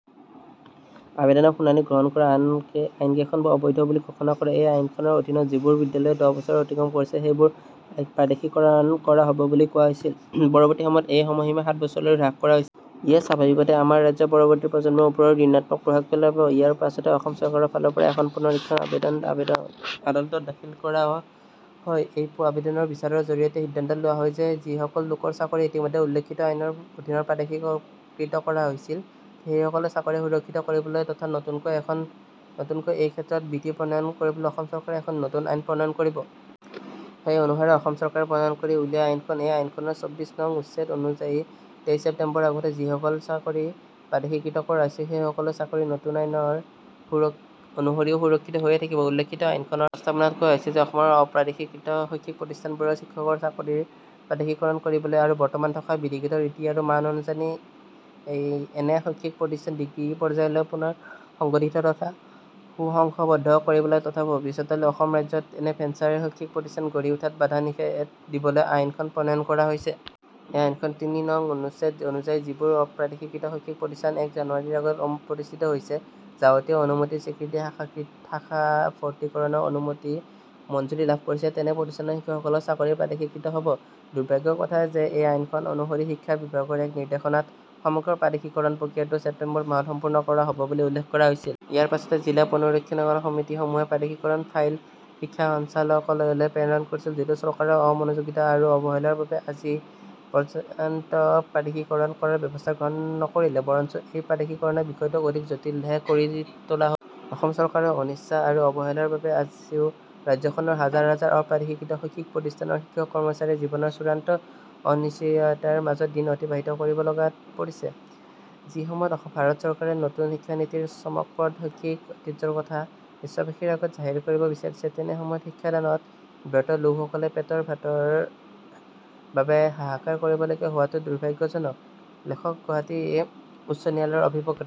আৱেদনৰ শুনানি গ্ৰহণ কৰি আইনকেইখন অবৈধ বুলি ঘোষণা কৰে। এই আইনখনৰ অধীনত যিবোৰ বিদ্যালয়ে দহ বছৰ অতিক্ৰম কৰিছে, সেইবোৰ প্ৰাদেশিকীকৰণ কৰা হ'ব বুলি কোৱা হৈছিল। পৰৱৰ্তী সময়ত এই সময়সীমা সাত বছৰলৈ হ্ৰাস কৰা হৈছি-- ইয়ে স্বাভাৱিকতে আমাৰ ৰাজ্যৰ পৰৱৰ্তী প্ৰজন্মৰ ওপৰতো ঋণাত্মক প্ৰভাৱ পেলাব। ইয়াৰ পাছতে অসম চৰকাৰৰ ফালৰ পৰা এখন পুনৰীক্ষণ আৱেদন আদালতত দাখিল কৰা হয়। এই আৱেদনৰ বিচাৰৰ জৰিয়তে সিদ্ধান্ত লোৱা হয় যে যি‌ সকল লোকৰ চাকৰি ইতিমধ্যে উল্লিখিত আইনৰ অধীনত প্ৰাদেশীকৃত কৰা হৈছিল সেইসকলৰ চাকৰি সুৰক্ষিত কৰিবলৈ তথা নতুনকৈ এই ক্ষেত্ৰত বিধি প্ৰণয়ন কৰিবলৈ অসম চৰকাৰে এখন নতুন আইন প্ৰণয়ন কৰিব। সেই অনুসাৰে অসম চৰকাৰে প্ৰণয়ন কৰি উলিয়ায় আইনখন। এই আইনখনৰ চৌব্বিশ নং উচ্ছেদ অনুযায়ী তেইশ ছেপ্টেম্বৰৰ আগতে যিসকলৰ চাকৰি প্ৰাদেশিকৃত কৰা হৈছিল সেই সকলৰ চাকৰি নতুন আইন অনুসৰিও সুৰক্ষিত হৈয়ে থাকিব। উল্লিখিতি আইনখনৰ প্ৰস্তাৱনাত কোৱা হৈছে যে অসমৰ অপ্ৰাদেশীকৃত শৈক্ষিক প্ৰতিষ্ঠানবোৰৰ শিক্ষকৰ চাকৰিৰ প্ৰাদেশিকীকৰণ কৰিবলৈ আৰু বৰ্তমান থকা বিধিগত ৰীতি আৰু মান অনুযায়ী এনে শৈক্ষিক প্ৰতিষ্ঠান ডিগ্ৰী পৰ্য্যায়লৈ পুনৰ সংগঠিত তথা সুসংবদ্ধ কৰিবলৈ তথা ভৱিষ্যতলৈ অসম ৰাজ্যত এনে ভেঞ্চাৰ শৈক্ষিক প্ৰতিষ্ঠান গঢ়ি উঠাত বাধা নিষেধ দিবলৈ আইনখন প্ৰণয়ন কৰা হৈছে। এই আইনৰ তিনি নং অনুচ্ছেদ অনুযায়ী যিবোৰ অপ্ৰাদেশীকৃত শৈক্ষিক প্ৰতিষ্ঠান এক জানুৱাৰিৰ আগত প্ৰতিষ্ঠিত হৈছে, যাৱতীয় অনুমতি, স্বীকৃতি, শাখাভৰ্তিকৰণৰ অনুমতি মঞ্জুৰি লাভ কৰিছে, তেনে প্ৰতিষ্ঠানৰ শিক্ষকসকলৰ চাকৰি প্ৰাদেশিকৃত হ'ব। দুৰ্ভাগ্যৰ কথা যে এই আইনখন অনুসৰি শিক্ষা বিভাগৰ এক নিৰ্দেশনাত সমগ্ৰ প্ৰাদেশিকীকৰণ প্ৰক্ৰিয়াটো ছেপ্টেম্বৰ মাহত সম্পূৰ্ণ কৰা হ'ব বুলি উল্লেখ কৰা হৈছিল। ইয়াৰ পাছতে জিলা পুনৰীক্ষণ সমিতিসমূহে প্ৰাদেশিকীকৰণৰ ফাইল শিক্ষা সঞ্চালকলৈ প্ৰেৰণ কৰিছিল যদিও চৰকাৰৰ অমনোযোগিতা আৰু অৱহেলাৰ বাবে আজি পৰ্য্যন্ত প্ৰাদেশিকীকৰণ কৰাৰ ব্যৱস্থা গ্ৰহণ নকৰিলে। বৰঞ্চ এই প্ৰাদেশিকীকৰণৰ বিষয়টোক অধিক জটিলহে কৰি তোলা হ'ল। অসম চৰকাৰৰ অনিচ্ছা আৰু অৱহেলাৰ বাবেই আজিও ৰাজ্যখনত হাজাৰ-বিজাৰ অপ্ৰাদেশীকৃত শৈক্ষিক প্ৰতিষ্ঠানৰ শিক্ষক-কৰ্মচাৰীয়ে জীৱনৰ চূড়ান্ত অনিশ্চয়তাৰ মাজত দিন অতিবাহিত কৰিব লগাত পৰিছে। যি সময়ত ভাৰত চৰকাৰে নতুন শিক্ষানীতিৰে চমকপ্ৰদ শৈক্ষিক ঐতিহ্যৰ কথা বিশ্ববাসীৰ আগত জাহিৰ কৰিব বিচাৰিছে, তেনে সময়ত শিক্ষাদানত ব্ৰত লোকসকলে পেটৰ ভাতৰ বাবে হাহাকাৰ কৰিবলগীয়া হোৱাটো দুৰ্ভাগ্যজনক। লেখক গুৱাহাটী উচ্চ ন্যায়ালয়ৰ অভিব--